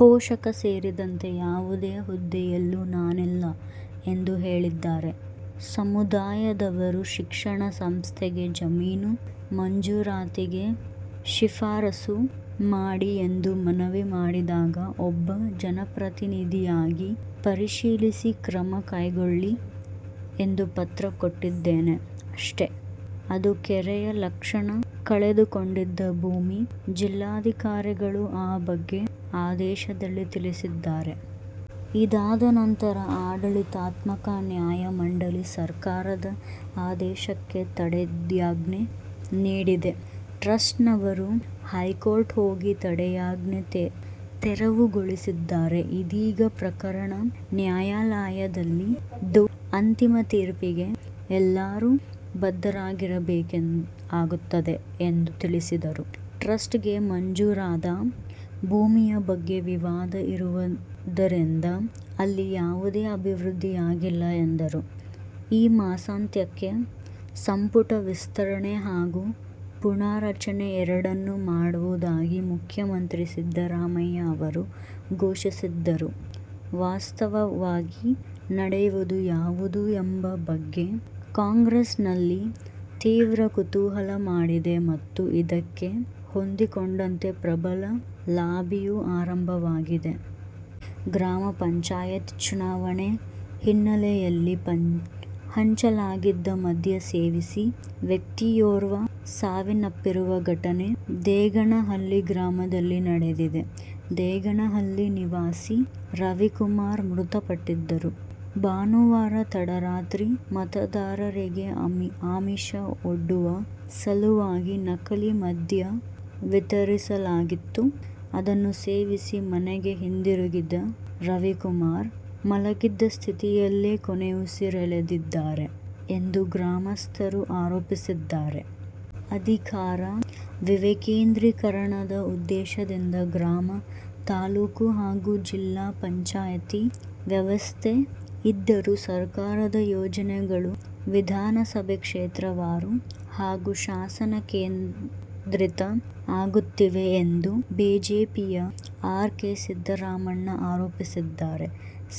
ಪೋಷಕ ಸೇರಿದಂತೆ ಯಾವುದೇ ಹುದ್ದೆಯಲ್ಲೂ ನಾನಿಲ್ಲ ಎಂದು ಹೇಳಿದ್ದಾರೆ. ಸಮುದಾಯದವರು ಶಿಕ್ಷಣ ಸಂಸ್ಥೆಗೆ ಜಮೀನು ಮಂಜೂರಾತಿಗೆ ಶಿಫಾರಸು ಮಾಡಿ ಎಂದು ಮನವಿ ಮಾಡಿದಾಗ ಒಬ್ಬ ಜನಪ್ರತಿನಿಧಿಯಾಗಿ ಪರಿಶೀಲಿಸಿ ಕ್ರಮ ಕೈಗೊಳ್ಳಿ ಎಂದು ಪತ್ರ ಕೊಟ್ಟಿದ್ದೇನೆ ಅಷ್ಟೆ. ಅದು ಕೆರೆಯ ಲಕ್ಷಣ ಕಳೆದುಕೊಂಡಿದ್ದ ಭೂಮಿ. ಜಿಲ್ಲಾಧಿಕಾರಿಗಳೂ ಆ ಬಗ್ಗೆ ಆದೇಶದಲ್ಲಿ ತಿಳಿಸಿದ್ದಾರೆ. ಇದಾದ ನಂತರ ಆಡಳಿತಾತ್ಮಕ ನ್ಯಾಯಮಂಡಳಿ ಸರ್ಕಾರದ ಆದೇಶಕ್ಕೆ ತಡೆಯಾಜ್ಞೆ ನೀಡಿದೆ. ಟ್ರಸ್ಟ್ನವರು ಹೈಕೋರ್ಟ್ಗೆ ಹೋಗಿ ತಡೆಯಾಜ್ಞೆ ತೆರವುಗೊಳಿಸಿದ್ದಾರೆ. ಇದೀಗ ಪ್ರಕರಣ ನ್ಯಾಯಾಲಯದಲ್ಲಿದ್ದು ಅಂತಿಮ ತೀರ್ಪಿಗೆ ಎಲ್ಲರೂ ಬದ್ಧರಾಗಿರಬೇಕಾಗುತ್ತದೆ ಎಂದು ತಿಳಿಸಿದರು. ಟ್ರಸ್ಟ್ಗೆ ಮಂಜೂರಾದ ಭೂಮಿಯ ಬಗ್ಗೆ ವಿವಾದ ಇರುವುದರಿಂದ ಅಲ್ಲಿ ಯಾವುದೇ ಅಭಿವೃದ್ಧಿಯಾಗಿಲ್ಲ ಎಂದರು. ಈ ಮಾಸಾಂತ್ಯಕ್ಕೆ ಸಂಪುಟ ವಿಸ್ತರಣೆ ಹಾಗೂ ಪುನಾರಚನೆ ಎರಡನ್ನೂ ಮಾಡುವುದಾಗಿ ಮುಖ್ಯಮಂತ್ರಿ ಸಿದ್ದರಾಮಯ್ಯ ಅವರು ಘೋಷಿಸಿದ್ದರೂ ವಾಸ್ತವವಾಗಿ ನಡೆಯುವುದು ಯಾವುದು ಎಂಬ ಬಗ್ಗೆ ಕಾಂಗ್ರೆಸ್ನಲ್ಲಿ ತೀವ್ರ ಕುತೂಹಲ ಮೂಡಿದೆ ಮತ್ತು ಇದಕ್ಕೆ ಹೊಂದಿಕೊಂಡಂತೆ ಪ್ರಬಲ ಲಾಬಿಯೂ ಆರಂಭವಾಗಿದೆ. ಗ್ರಾಮ ಪಂಚಾಯತ್ ಚುನಾವಣೆ ಹಿನ್ನೆಲೆಯಲ್ಲಿ ಹಂಚಲಾಗಿದ್ದ ಮದ್ಯ ಸೇವಿಸಿ ವ್ಯಕ್ತಿಯೋರ್ವ ಸಾವನ್ನಪ್ಪಿರುವ ಘಟನೆ ದೇಗನಹಳ್ಳಿ ಗ್ರಾಮದಲ್ಲಿ ನಡೆದಿದೆ. ದೇಗನಹಳ್ಳಿ ನಿವಾಸಿ ರವಿಕುಮಾರ್ ಮೃತಪಟ್ಟವರು. ಭಾನುವಾರ ತಡರಾತ್ರಿ ಮತದಾರರಿಗೆ ಆಮಿಷ ಒಡ್ಡುವ ಸಲುವಾಗಿ ನಕಲಿ ಮದ್ಯ ವಿತರಿಸಲಾಗಿತ್ತು. ಅದನ್ನು ಸೇವಿಸಿ ಮನೆಗೆ ಹಿಂದಿರುಗಿದ್ದ ರವಿಕುಮಾರ್, ಮಲಗಿದ್ದ ಸ್ಥಿತಿಯಲ್ಲಿಯೇ ಕೊನೆಯುಸಿರೆಳೆದಿದ್ದಾರೆ ಎಂದು ಗ್ರಾಮಸ್ಥರು ಆರೋಪಿಸಿದ್ದಾರೆ. ಅಧಿಕಾರ ವಿಕೇಂದ್ರೀಕರಣದ ಉದ್ದೇಶದಿಂದ ಗ್ರಾಮ, ತಾಲೂಕು ಹಾಗೂ ಜಿಲ್ಲಾ ಪಂಚಾಯಿತಿ ವ್ಯವಸ್ಥೆ ಇದ್ದರೂ ಸರ್ಕಾರದ ಯೋಜನೆಗಳು ವಿಧಾನಸಭಾ ಕ್ಷೇತ್ರವಾರು ಹಾಗೂ ಶಾಸಕ ಕೇಂದ್ರಿತ ಆಗುತ್ತಿವೆ ಎಂದು ಬಿಜೆಪಿಯ ಆರ್. ಕೆ. ಸಿದ್ದರಾಮಣ್ಣ ಆರೋಪಿಸಿದ್ದಾರೆ.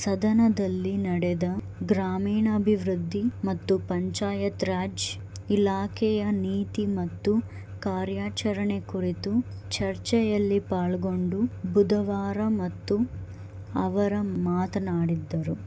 ಸದನದಲ್ಲಿ ನಡೆದ ಗ್ರಾಮೀಣಾಭಿವೃದ್ಧಿ ಮತ್ತು ಪಂಚಾಯತ್ರಾಜ್ ಇಲಾಖೆಯ ನೀತಿ ಮತ್ತು ಕಾರ್ಯಾಚರಣೆ ಕುರಿತ ಚರ್ಚೆಯಲ್ಲಿ ಪಾಲ್ಗೊಂಡು ಬುಧವಾರ ಅವರು ಮಾತನಾಡಿದರು.